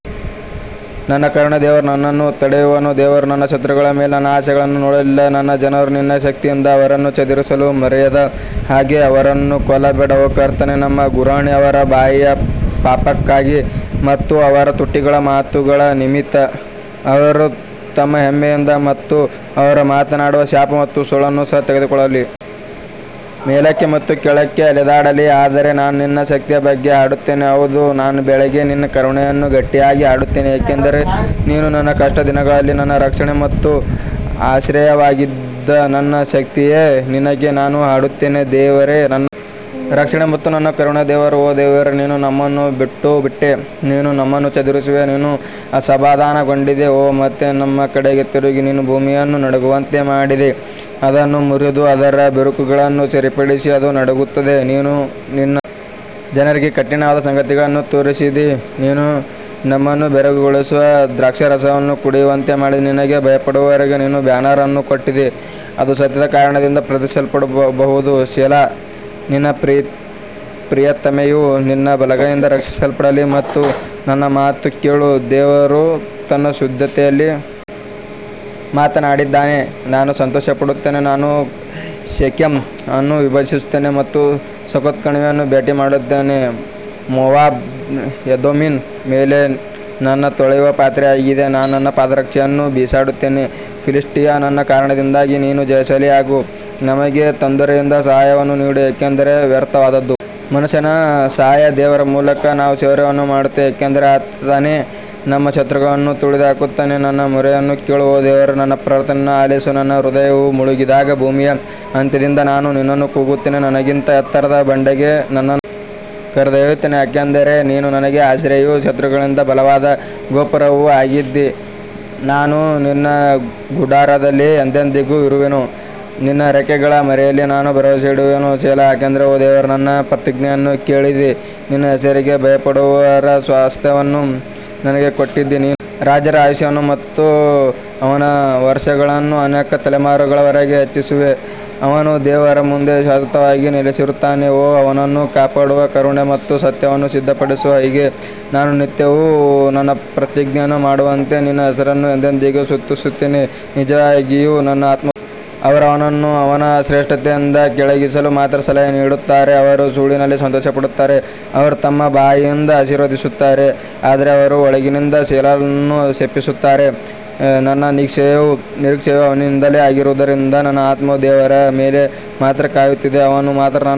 ನನ್ನ ಕರುಣೆಯ ದೇವರು ನನ್ನನ್ನು ತಡೆಯುವನು ದೇವರು ನನ್ನ ಶತ್ರುಗಳ ಮೇಲೆ ನನ್ನ ಆಸೆಯನ್ನು ನೋಡಲಿ ನನ್ನ ಜನರು ನಿನ್ನ ಶಕ್ತಿಯಿಂದ ಅವರನ್ನು ಚದುರಿಸಲು ಮರೆಯದ ಹಾಗೆ ಅವರನ್ನು ಕೊಲ್ಲಬೇಡ ಓ ಕರ್ತನೇ ನಮ್ಮ ಗುರಾಣಿ ಅವರ ಬಾಯಿಯ ಪಾಪಕ್ಕಾಗಿ ಮತ್ತು ಅವರ ತುಟಿಗಳ ಮಾತುಗಳ ನಿಮಿತ್ತ ಅವರು ತಮ್ಮ ಹೆಮ್ಮೆಯಿಂದ ಮತ್ತು ಅವರು ಮಾತನಾಡುವ ಶಾಪ ಮತ್ತು ಸುಳ್ಳನ್ನು ಸಹ ತೆಗೆದುಕೊಳ್ಳಲಿ. ಮೇಲಕ್ಕೆ ಮತ್ತು ಕೆಳಕ್ಕೆ ಅಲೆದಾಡಲಿ ಆದರೆ ನಾನು ನಿನ್ನ ಶಕ್ತಿಯ ಬಗ್ಗೆ ಹಾಡುತ್ತೇನೆ ಹೌದು ನಾನು ಬೆಳಿಗ್ಗೆ ನಿನ್ನ ಕರುಣೆಯನ್ನು ಗಟ್ಟಿಯಾಗಿ ಹಾಡುತ್ತೇನೆ ಏಕೆಂದರೆ ನೀನು ನನ್ನ ಕಷ್ಟದ ದಿನದಲ್ಲಿ ನನ್ನ ರಕ್ಷಣೆ ಮತ್ತು ಆಶ್ರಯವಾಗಿದ್ದಿ ನನ್ನ ಶಕ್ತಿಯೇ ನಿನಗೆ ನಾನು ಹಾಡುತ್ತೇನೆ ದೇವರೇ ನನ್ನ ರಕ್ಷಣೆ ಮತ್ತು ನನ್ನ ಕರುಣೆಯ ದೇವರು ಓ ದೇವರೇ ನೀನು ನಮ್ಮನ್ನು ಬಿಟ್ಟುಬಿಟ್ಟೆ ನೀನು ನಮ್ಮನ್ನು ಚದುರಿಸಿರುವೆ ನೀನು ಅಸಮಾಧಾನಗೊಂಡಿದ್ದೀ ಓ ಮತ್ತೆ ನಮ್ಮ ಕಡೆಗೆ ತಿರುಗು ನೀನು ಭೂಮಿಯನ್ನು ನಡುಗುವಂತೆ ಮಾಡಿದ್ದೀ, ಅದನ್ನು ಮುರಿದು ಅದರ ಬಿರುಕುಗಳನ್ನು ಸರಿಪಡಿಸಿ, ಅದು ನಡುಗುತ್ತದೆ ನೀನು ನಿನ್ನ ಜನರಿಗೆ ಕಠಿಣವಾದ ಸಂಗತಿಗಳನ್ನು ತೋರಿಸಿದ್ದೀ, ನೀನು ನಮ್ಮನ್ನು ಬೆರಗುಗೊಳಿಸುವ ದ್ರಾಕ್ಷಾರಸವನ್ನು ಕುಡಿಯುವಂತೆ ಮಾಡಿದಿ ನಿನಗೆ ಭಯಪಡುವವರಿಗೆ ನೀನು ಬ್ಯಾನರ್ ಅನ್ನು ಕೊಟ್ಟಿದ್ದೀ, ಅದು ಸತ್ಯದ ಕಾರಣದಿಂದ ಪ್ರದರ್ಶಿಸಲ್ಪಡಬಹುದು ಸೆಲಾ ನಿನ್ನ ಪ್ರಿಯತಮೆಯು ನಿನ್ನ ಬಲಗೈಯಿಂದ ರಕ್ಷಿಸಲ್ಪಡಲಿ ಮತ್ತು ನನ್ನ ಮಾತು ಕೇಳು ದೇವರು ತನ್ನ ಪರಿಶುದ್ಧತೆಯಲ್ಲಿ ಮಾತನಾಡಿದ್ದಾನೆ ನಾನು ಸಂತೋಷಪಡುತ್ತೇನೆ ನಾನು ಶೆಕೆಮ್ ಅನ್ನು ವಿಭಜಿಸುತ್ತೇನೆ ಮತ್ತು ಸುಕ್ಕೋತ್ ಕಣಿವೆಯನ್ನು ಭೇಟಿ ಮಾಡುತ್ತೇನೆ ಮೋವಾಬ್ ಎದೋಮಿನ ಮೇಲೆ ನನ್ನ ತೊಳೆಯುವ ಪಾತ್ರೆಯಾಗಿದೆ ನಾನು ನನ್ನ ಪಾದರಕ್ಷೆಯನ್ನು ಬಿಸಾಡುತ್ತೇನೆ ಫಿಲಿಷ್ಟಿಯ ನನ್ನ ಕಾರಣದಿಂದಾಗಿ ನೀನು ಜಯಶಾಲಿಯಾಗು ನಮಗೆ ತೊಂದರೆಯಿಂದ ಸಹಾಯವನ್ನು ನೀಡು, ಏಕೆಂದರೆ ವ್ಯರ್ಥವಾದದ್ದು ಮನುಷ್ಯನ ಸಹಾಯ ದೇವರ ಮೂಲಕ ನಾವು ಶೌರ್ಯವನ್ನು ಮಾಡುತ್ತೇವೆ ಏಕೆಂದರೆ ಆತನೇ ನಮ್ಮ ಶತ್ರುಗಳನ್ನು ತುಳಿದು ಹಾಕುತ್ತಾನೆ ನನ್ನ ಮೊರೆಯನ್ನು ಕೇಳು ಓ ದೇವರೇ ನನ್ನ ಪ್ರಾರ್ಥನೆಯನ್ನು ಆಲಿಸು ನನ್ನ ಹೃದಯವು ಮುಳುಗಿದಾಗ ಭೂಮಿಯ ಅಂತ್ಯದಿಂದ ನಾನು ನಿನ್ನನ್ನು ಕೂಗುತ್ತೇನೆ, ನನಗಿಂತ ಎತ್ತರದ ಬಂಡೆಗೆ ನನ್ನನ್ನು ಕರೆದೊಯ್ಯುತ್ತೇನೆ ಯಾಕಂದರೆ ನೀನು ನನಗೆ ಆಶ್ರಯವೂ ಶತ್ರುಗಳಿಂದ ಬಲವಾದ ಗೋಪುರವೂ ಆಗಿದ್ದೀ ನಾನು ನಿನ್ನ ಗುಡಾರದಲ್ಲಿ ಎಂದೆಂದಿಗೂ ಇರುವೆನು ನಿನ್ನ ರೆಕ್ಕೆಗಳ ಮರೆಯಲ್ಲಿ ನಾನು ಭರವಸವಿಡುವೆನು ಸೆಲಾ ಯಾಕಂದರೆ ಓ ದೇವರೇ ನನ್ನ ಪ್ರತಿಜ್ಞೆಗಳನ್ನು ಕೇಳಿದ್ದೀ, ನಿನ್ನ ಹೆಸರಿಗೆ ಭಯಪಡುವವರ ಸ್ವಾಸ್ತ್ಯವನ್ನು ನನಗೆ ಕೊಟ್ಟಿದ್ದೀ ನೀನು ರಾಜರ ಆಯುಷ್ಯವನ್ನು ಮತ್ತು ಅವನ ವರ್ಷಗಳನ್ನು ಅನೇಕ ತಲೆಮಾರುಗಳವರೆಗೆ ಹೆಚ್ಚಿಸುವೆ ಅವನು ದೇವರ ಮುಂದೆ ಶಾಶ್ವತವಾಗಿ ನೆಲೆಸುತ್ತಾನೆ ಓ ಅವನನ್ನು ಕಾಪಾಡುವ ಕರುಣೆ ಮತ್ತು ಸತ್ಯವನ್ನು ಸಿದ್ಧಪಡಿಸು ಹೀಗೆ ನಾನು ನಿತ್ಯವೂ ನನ್ನ ಪ್ರತಿಜ್ಞೆಗಳನ್ನು ಮಾಡುವಂತೆ ನಿನ್ನ ಹೆಸರನ್ನು ಎಂದೆಂದಿಗೂ ಸ್ತುತಿಸುತ್ತೇನೆ ನಿಜವಾಗಿಯೂ ನನ್ನ ಆತ್ಮವು ಅವರು ಅವನನ್ನು ಅವನ ಶ್ರೇಷ್ಠತೆಯಿಂದ ಕೆಳಗಿಳಿಸಲು ಮಾತ್ರ ಸಲಹೆ ನೀಡುತ್ತಾರೆ ಅವರು ಸುಳ್ಳಿನಲ್ಲಿ ಸಂತೋಷಪಡುತ್ತಾರೆ ಅವರು ತಮ್ಮ ಬಾಯಿಯಿಂದ ಆಶೀರ್ವದಿಸುತ್ತಾರೆ ಆದರೆ ಅವರು ಒಳಗಿನಿಂದ ಸೆಲಾನನ್ನು ಶಪಿಸುತ್ತಾರೆ ನನ್ನ ನಿರೀಕ್ಷೆಯು ಅವನಿಂದಲೇ ಆಗಿರುವುದರಿಂದ ನನ್ನ ಆತ್ಮವು ದೇವರ ಮೇಲೆ ಮಾತ್ರ ಕಾಯುತ್ತಿದೆ ಅವನು ಮಾತ್ರ ನನ್ನ